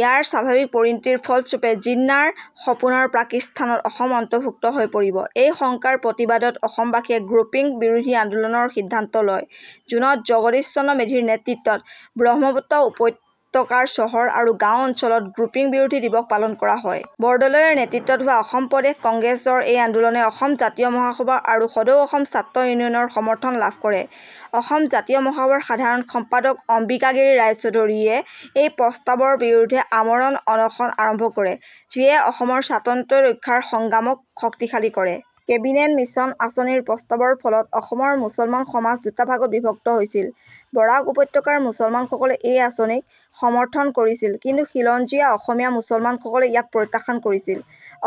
ইয়াৰ স্বাভাৱিক পৰিণতিৰ ফলস্বৰূপে জিন্নাৰ সপোনৰ পাকিস্তানত অসম অন্তৰ্ভুক্ত হৈ পৰিব। এই শংকাৰ প্ৰতিবাদত অসমবাসীয়ে গ্ৰুপিং বিৰোধী আন্দোলনৰ সিদ্ধান্ত লয়। জুনত জগদীশ চন্দ্ৰ মেধিৰ নেতৃত্বত ব্ৰহ্মপুত্ৰ উপত্যকাৰ চহৰ আৰু গাঁও অঞ্চলত গ্ৰুপিং বিৰোধী দিৱস পালন কৰা হয়। বৰদলৈৰ নেতৃত্বত হোৱা অসম প্ৰদেশ কংগ্ৰেছৰ এই আন্দোলনে অসম জাতীয় মহাসভা আৰু সদৌ অসম ছাত্ৰ ইউনিয়নৰ সমৰ্থন লাভ কৰে। অসম জাতীয় মহাসভাৰ সাধাৰণ সম্পাদক অম্বিকাগিৰি ৰায়চৌধুৰীয়ে এই প্ৰস্তাৱৰ বিৰুদ্ধে আমৰণ অনশন আৰম্ভ কৰে, যিয়ে অসমৰ স্বাতন্ত্ৰ্য ৰক্ষাৰ সংগ্ৰামক শক্তিশালী কৰে। কেবিনেট মিছন আঁচনিৰ প্ৰস্তাৱৰ ফলত অসমৰ মুছলমান সমাজ দুটা ভাগত বিভক্ত হৈছিল। বৰাক উপত্যকাৰ মুছলমানসকলে এই আঁচনিক সমৰ্থন কৰিছিল, কিন্তু খিলঞ্জীয়া অসমীয়া মুছলমানসকলে ইয়াক প্ৰত্যাখ্যান কৰিছিল।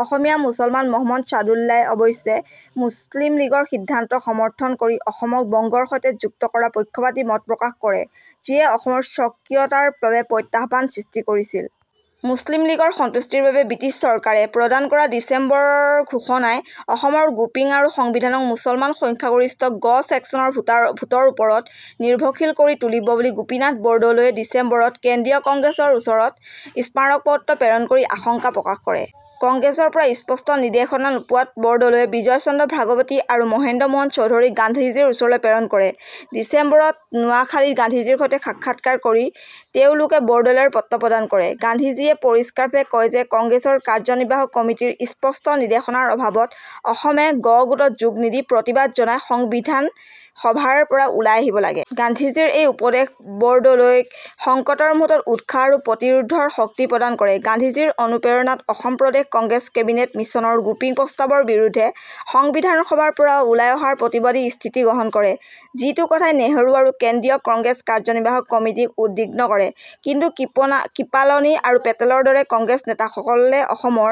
অসমীয়া মুছলমান মহম্মদ ছাদুল্লাই অৱশ্যে মুছলিম লীগৰ সিদ্ধান্তক সমৰ্থন কৰি অসমক বংগৰ সৈতে যুক্ত কৰাৰ পক্ষপাতী মত প্ৰকাশ কৰে, যিয়ে অসমৰ স্বকীয়তাৰ বাবে প্ৰত্যাহ্বানৰ সৃষ্টি কৰিছিল। মুছলিম লীগৰ সন্তুষ্টিৰ বাবে ব্ৰিটিছ চৰকাৰে প্ৰদান কৰা ডিচেম্বৰৰ ঘোষণাই অসমৰ গ্ৰুপিং আৰু সংবিধানক মুছলমান সংখ্যাগৰিষ্ঠ 'গ' ছেকচনৰ ভোটৰ ওপৰত নিৰ্ভৰশীল কৰি তুলিব বুলি গোপীনাথ বৰদলৈয়ে ডিচেম্বৰত কেন্দ্ৰীয় কংগ্ৰেছৰ ওচৰত স্মাৰকপত্ৰ প্ৰেৰণ কৰি আশংকা প্ৰকাশ কৰে। কংগ্ৰেছৰ পৰা স্পষ্ট নিৰ্দেশনা নোপোৱাত বৰদলৈয়ে বিজয় চন্দ্ৰ ভাগৱতী আৰু মহেন্দ্ৰ মোহন চৌধুৰীক গান্ধীজীৰ ওচৰলৈ প্ৰেৰণ কৰে। ডিচেম্বৰ ত নোৱাখালিত গান্ধীজীৰ সৈতে সাক্ষাৎ কৰি তেওঁলোকে বৰদলৈৰ পত্ৰ প্ৰদান কৰে। গান্ধীজীয়ে পৰিষ্কাৰভাৱে কয় যে কংগ্ৰেছৰ কাৰ্যনিৰ্বাহক কমিটীৰ স্পষ্ট নিৰ্দেশনাৰ অভাৱত অসমে 'গ' গোটত যোগ নিদি প্ৰতিবাদ জনাই সংবিধান সভাৰ পৰা ওলাই আহিব লাগে। গান্ধীজীৰ এই উপদেশে বৰদলৈক সংকটৰ মুহূৰ্তত উৎসাহ আৰু প্ৰতিৰোধৰ শক্তি প্ৰদান কৰে। গান্ধীজীৰ অনুপ্ৰেৰণাত অসম প্ৰদেশ কংগ্ৰেছে কেবিনেট মিছনৰ গ্ৰুপিং প্ৰস্তাৱৰ বিৰুদ্ধে সংবিধান সভাৰ পৰা ওলাই অহাৰ প্ৰতিবাদী স্থিতি গ্ৰহণ কৰে; যিটো কথাই নেহৰু আৰু কেন্দ্ৰীয় কংগ্ৰেছ কাৰ্যনিৰ্বাহক কমিটীক উদ্বিগ্ন কৰে। কিন্তু কৃপালনি আৰু পেটেলৰ দৰে কংগ্ৰেছ নেতাসকলে অসমৰ